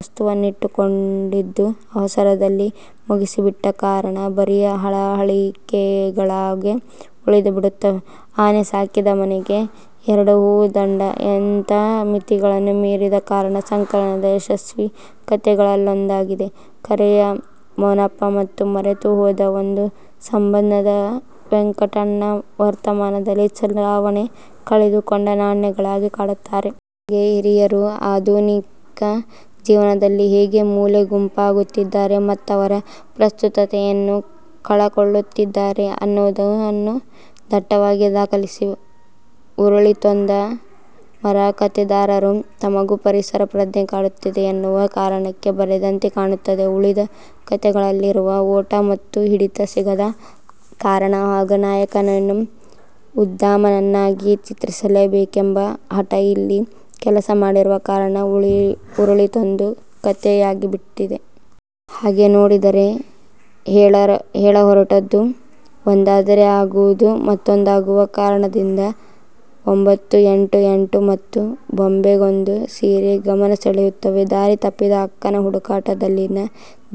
ವಸ್ತುವನ್ನಿಟ್ಟುಕೊಂಡಿದ್ದೂ ಅವಸರದಲ್ಲಿ ಮುಗಿಸಿಬಿಟ್ಟ ಕಾರಣ ಬರಿಯ ಹಳಹಳಿಕೆಗಳಾಗೇ ಉಳಿದುಬಿಡುತ್ತವೆ. 'ಆನೆ ಸಾಕಿದ ಮನೆಗೆ ಎರಡು ಹೂ ದಂಡೆ' ಇಂಥ ಮಿತಿಗಳನ್ನು ಮೀರಿದ ಕಾರಣ ಸಂಕಲನದ ಯಶಸ್ವೀ ಕತೆಗಳಲ್ಲೊಂದಾಗಿದೆ. 'ಕರೆ'ಯ ಮೋನಪ್ಪ ಮತ್ತು 'ಮರೆತು ಹೋದ ಒಂದು ಸಂಬಂಧ'ದ ವೆಂಕಟಣ್ಣ ವರ್ತಮಾನದಲ್ಲಿ ಚಲಾವಣೆ ಕಳಕೊಂಡ ನಾಣ್ಯಗಳಾಗಿ ಕಾಡುತ್ತಾರೆ. ಹಾಗೆಯೇ ಹಿರಿಯರು ಆಧುನಿಕ ಜೀವನದಲ್ಲಿ ಹೇಗೆ ಮೂಲೆಗುಂಪಾಗುತ್ತಿದ್ದಾರೆ ಮತ್ತವರ ಪ್ರಸ್ತುತತೆಯನ್ನೇ ಕಳಕೊಳ್ಳುತ್ತಿದ್ದಾರೆ ಅನ್ನುವುದನ್ನೂ ದಟ್ಟವಾಗಿ ದಾಖಲಿಸಿವೆ. 'ಉರುಳಿತೊಂದು ಮರ' ಕತೆಗಾರರು ತಮಗೂ ಪರಿಸರ ಪ್ರಜ್ಞೆ ಕಾಡುತ್ತಿದೆ ಎನ್ನುವ ಕಾರಣಕ್ಕೆ ಬರೆದಂತೆ ಕಾಣುತ್ತದೆ. ಉಳಿದ ಕತೆಗಳಲ್ಲಿರುವ 'ಓಟ' ಮತ್ತು ಹಿಡಿತ ಸಿಗದ ಕಾರಣ ಹಾಗೂ ನಾಯಕನನ್ನು ಉದ್ಧಾಮನನ್ನಾಗಿ ಚಿತ್ರಿಸಲೇಬೇಕೆಂಬ ಹಟ ಇಲ್ಲಿ ಕೆಲಸ ಮಾಡಿರುವ ಕಾರಣ 'ಉರುಳಿತೊಂದು ಕತೆ'ಯಾಗಿಬಿಟ್ಟಿದೆ. ಹಾಗೆ ನೋಡಿದರೆ ಹೇಳಹೊರಟದ್ದು ಒಂದಾದರೆ ಆಗುವುದು ಮತ್ತೊಂದಾಗುವ ಕಾರಣದಿಂದಾಗಿ 'ಒಂಭತ್ತು, ಎಂಟು, ಎಂಟು' ಮತ್ತು'ಬೊಂಬೆಗೊಂದು ಸೀರೆ' ಗಮನ ಸೆಳೆಯುತ್ತವೆ. ದಾರಿ ತಪ್ಪಿದ ಅಕ್ಕನ ಹುಡುಕಾಟದಲ್ಲಿನ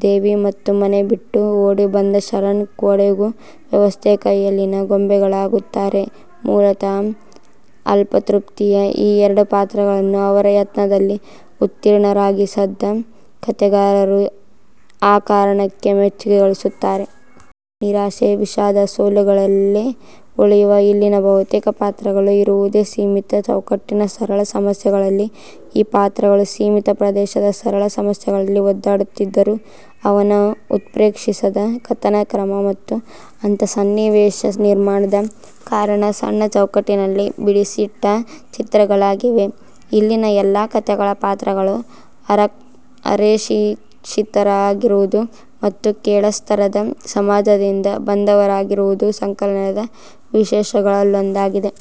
ದೇವಿ ಮತ್ತು ಮನೆ ಬಿಟ್ಟು ಓಡಿ ಬಂದ ಶರಣ್ ಕಡೆಗೂ ವ್ಯವಸ್ಥೆಯ ಕೈಯಲ್ಲಿನ ಗೊಂಬೆಗಳಾಗುತ್ತಾರೆ. ಮೂಲತಃ ಅಲ್ಪತೃಪ್ತಿಯ ಈ ಎರಡೂ ಪಾತ್ರಗಳನ್ನೂ ಅವರ ಯತ್ನದಲ್ಲಿ ಉತ್ತೀರ್ಣರನ್ನಾಗಿಸದ ಕತೆಗಾರರು ಆ ಕಾರಣಕ್ಕೇ ಮೆಚ್ಚುಗೆ ಗಳಿಸುತ್ತಾರೆ. ನಿರಾಶೆ, ವಿಷಾದ, ಸೋಲುಗಳಲ್ಲೇ ಉಳಿಯುವ ಇಲ್ಲಿನ ಬಹುತೇಕ ಪಾತ್ರಗಳು ಇರುವುದೇ ಸೀಮಿತ ಚೌಕಟ್ಟಿನ ಸರಳ ಸಮಸ್ಯೆಗಳಲ್ಲಿ. ಈ ಪಾತ್ರಗಳು ಸೀಮಿತ ಪ್ರದೇಶದ ಸರಳ ಸಮಸ್ಯೆಗಳಲ್ಲಿ ಒದ್ದಾಡುತ್ತಿದ್ದರೂ ಅವನ್ನು ಉತ್ಪ್ರೇಕ್ಷಿಸದ ಕಥನ ಕ್ರಮ ಮತ್ತು ಅಂಥ ಸನ್ನಿವೇಶ ನಿರ್ಮಾಣದ ಕಾರಣ ಸಣ್ಣ ಚೌಕಟ್ಟಿನಲ್ಲಿ ಬಿಡಿಸಿಟ್ಟ ಚಿತ್ರಗಳಾಗಿವೆ. ಇಲ್ಲಿನ ಎಲ್ಲ ಕತೆಗಳ ಪಾತ್ರಗಳೂ ಅರೆಶಿಕ್ಷಿತರಾಗಿರುವುದು ಮತ್ತು ಕೆಳಸ್ತರದ ಸಮಾಜದಿಂದ ಬಂದವರಾಗಿರುವುದೂ ಸಂಕಲನದ ವಿಶೇಷಗಳಲ್ಲೊಂದಾಗಿದೆ.